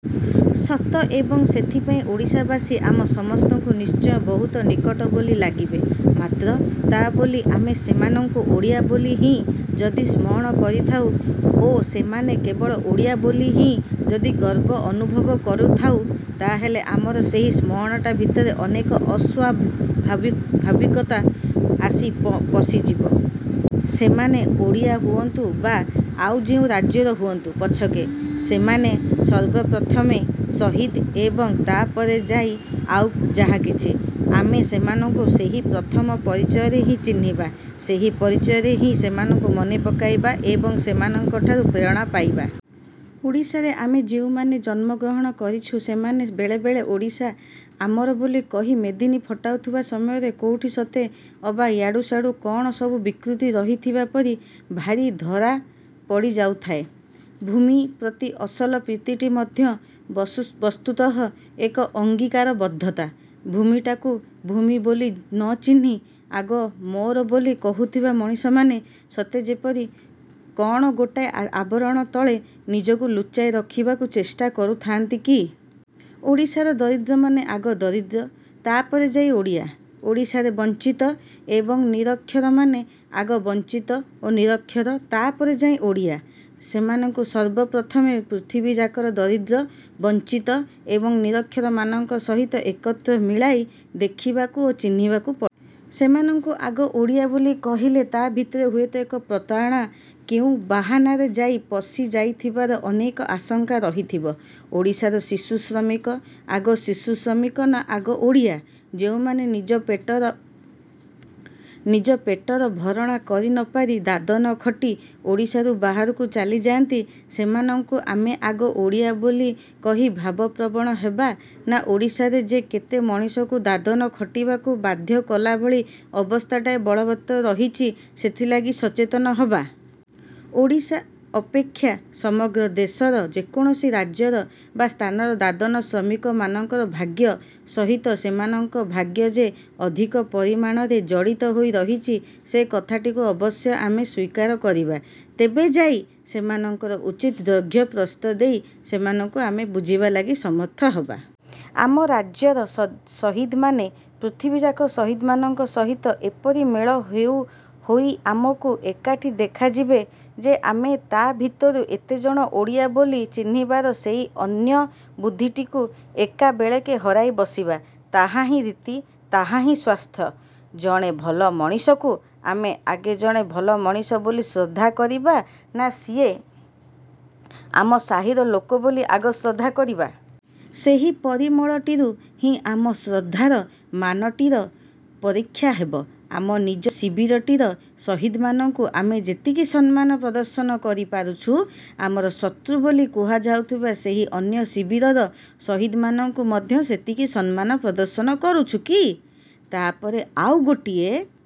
ସତ, ଏବଂ ସେଥିପାଇଁ ଓଡ଼ିଶାବାସୀ ଆମ ସମସ୍ତଙ୍କୁ ନିଶ୍ଚୟ ବହୁତ ନିକଟ ବୋଲି ଲାଗିବେ। ମାତ୍ର, ତା' ବୋଲି ଆମେ ସେମାନଙ୍କୁ ଓଡ଼ିଆ ବୋଲି ହିଁ ଯଦି ସ୍ମରଣ କରୁଥାଉ ଓ ସେମାନେ କେବଳ ଓଡ଼ିଆ ବୋଲି ହିଁ ଯଦି ଗର୍ବ ଅନୁଭବ କରୁଥାଉ, ତାହେଲେ ଆମର ସେହି ସ୍ମରଣଟା ଭିତରେ ଅନେକ ଅସ୍ୱାଭାବିକତା ଆସି ପଶିଯିବ। ସେମାନେ ଓଡ଼ିଆ ହୁଅନ୍ତୁ ବା ଆଉ ଯେଉଁ ରାଜ୍ୟର ହୁଅନ୍ତୁ ପଛକେ, ସେମାନେ ସର୍ବପ୍ରଥମେ ସହିଦ ଏବଂ ତା'ପରେ ଯାଇ ଆଉ ଯାହାକିଛି। ଆମେ ସେମାନଙ୍କୁ ସେହି ପ୍ରଥମ ପରିଚୟରେ ହିଁ ଚିହ୍ନିବା। ସେହି ପରିଚୟରେ ହିଁ ସେମାନଙ୍କୁ ମନେ ପକାଇବା ଏବଂ ସେମାନଙ୍କ ଠାରୁ ପ୍ରେରଣା ପାଇବା। ଓଡ଼ିଶାରେ ଆମେ ଯେଉଁମାନେ ଜନ୍ମଗ୍ରହଣ କରିଛୁ, ସେମାନେ ବେଳେବେଳେ ଓଡ଼ିଶା ଆମର ବୋଲି କହି ମେଦିନୀ ଫଟାଉଥିବା ସମୟରେ କୋଉଠି ସତେ ଅବା ୟାଡୁ ସାଡୁ କ'ଣ ସବୁ ବିକୃତି ରହିଥିବା ପରି ଭାରି ଧରା ପଡ଼ି ଯାଉଥାଏ। ଭୂମି ପ୍ରତି ଅସଲ ପ୍ରୀତିଟି ମଧ୍ୟ ବସ୍ତୁତଃ ଏକ ଅଙ୍ଗୀକାରବଦ୍ଧତା; ଭୂମିଟାକୁ ଭୂମି ବୋଲି ନ ଚିହ୍ନି ଆଗ ମୋର ବୋଲି କହୁଥିବା ମଣିଷମାନେ ସତେ ଯେପରି କ'ଣ ଗୋଟାଏ ଆବରଣ ତଳେ ନିଜକୁ ଲୁଚାଇ ରଖିବାକୁ ଚେଷ୍ଟା କରୁଥାନ୍ତି କି? ଓଡ଼ିଶାର ଦରିଦ୍ରମାନେ ଆଗ ଦରିଦ୍ର, ତା' ପରେ ଯାଇ ଓଡ଼ିଆ। ଓଡ଼ିଶାରେ ବଞ୍ଚିତ ଏବଂ ନିରକ୍ଷରମାନେ ଆଗ ବଞ୍ଚିତ ଓ ନିରକ୍ଷର, ତା'ପରେ ଯାଇ ଓଡ଼ିଆ। ସେମାନଙ୍କୁ ସର୍ବପ୍ରଥମେ ପୃଥିବୀଯାକର ଦରିଦ୍ର, ବଞ୍ଚିତ ଏବଂ ନିରକ୍ଷରମାନଙ୍କ ସହିତ ଏକତ୍ର ମିଳାଇ ଦେଖିବାକୁ ଓ ଚିହ୍ନିବାକୁ ପଡ଼ିବ। ସେମାନଙ୍କୁ ଆଗ ଓଡ଼ିଆ ବୋଲି କହିଲେ ତା'ଭିତରେ ହୁଏତ ଏକ ପ୍ରତାରଣା କେଉଁ ବାହାନାରେ ଯାଇ ପଶି ଯାଇଥିବାର ଅନେକ ଆଶଙ୍କା ରହିଥିବ। ଓଡ଼ିଶାର ଶିଶୁ ଶ୍ରମିକ ଆଗ ଶିଶୁ ଶ୍ରମିକ ନା ଆଗ ଓଡ଼ିଆ? ଯେଉଁମାନେ ନିଜ ପେଟର ଭରଣା କରିନପାରି ଦାଦନ ଖଟି ଓଡ଼ିଶାରୁ ବାହାରକୁ ଚାଲି ଯାଆନ୍ତି, ସେମାନଙ୍କୁ ଆମେ ଆଗ ଓଡ଼ିଆ ବୋଲି କହି ଭାବପ୍ରବଣ ହେବା ନା ଓଡ଼ିଶାରେ ଯେ କେତେ ମଣିଷଙ୍କୁ ଦାଦନ ଖଟିବାକୁ ବାଧ୍ୟ କଲାଭଳି ଅବସ୍ଥାଟାଏ ବଳବତ୍ତର ରହିଛି, ସେଥିଲାଗି ସଚେତନ ହେବା? ଓଡ଼ିଶା ଅପେକ୍ଷା ସମଗ୍ର ଦେଶର ଯେକୌଣସି ରାଜ୍ୟର ବା ସ୍ଥାନର ଦାଦନ ଶ୍ରମିକମାନଙ୍କର ଭାଗ୍ୟ ସହିତ ସେମାନଙ୍କର ଭାଗ୍ୟ ଯେ ଅଧିକ ପରିମାଣରେ ଜଡ଼ିତ ହୋଇ ରହିଛି, ସେହି କଥାଟିକୁ ଅବଶ୍ୟ ଆମେ ସ୍ୱୀକାର କରିବା। ତେବେ ଯାଇ ସେମାନଙ୍କର ଉଚିତ ଦୈର୍ଘ୍ୟ ପ୍ରସ୍ଥ ଦେଇ ସେମାନଙ୍କୁ ଆମେ ବୁଝିବା ଲାଗି ସମର୍ଥ ହେବା। ଆମ ରାଜ୍ୟର ସହିଦମାନେ ପୃଥିବୀଯାକ ସହିଦମାନଙ୍କ ସହିତ ଏପରି ମେଳ ହୋଇ ଆମକୁ ଏକାଠି ଦେଖାଯିବେ ଯେ ଆମେ ତା' ଭିତରୁ ଏତେଜଣ ଓଡ଼ିଆ ବୋଲି ଚିହ୍ନିବାର ସେହି ଅନ୍ୟ ବୁଦ୍ଧିଟିକୁ ଏକାବେଳେକେ ହରାଇ ବସିବା; ତାହାହିଁ ରୀତି, ତାହାହିଁ ସ୍ୱାସ୍ଥ୍ୟ। ଜଣେ ଭଲ ମଣିଷକୁ ଆମେ ଆଗ ଜଣେ ଭଲ ମଣିଷ ବୋଲି ଶ୍ରଦ୍ଧା କରିବା ନା ସିଏ ଆମ ସାହିର ଲୋକ ବୋଲି ଆଗ ଶ୍ରଦ୍ଧା କରିବା? ସେହି ପରିମଳଟିରୁ ହିଁ ଆମ ଶ୍ରଦ୍ଧାର ମାନଟିର ପରୀକ୍ଷା ହେବ। ଆମ ନିଜ ଶିବିରଟିର ସହିଦମାନଙ୍କୁ ଆମେ ଯେତିକି ସମ୍ମାନ ପ୍ରଦର୍ଶନ କରିପାରୁଛୁ, ଆମର ଶତ୍ରୁ ବୋଲି କୁହାଯାଉଥିବା ସେହି ଅନ୍ୟ ଶିବିରର ସହିଦମାନଙ୍କୁ ମଧ୍ୟ ସେତିକି ସମ୍ମାନ ପ୍ରଦର୍ଶନ କରୁଛୁ କି? ତା'ପରେ ଆଉ ଗୋଟିଏ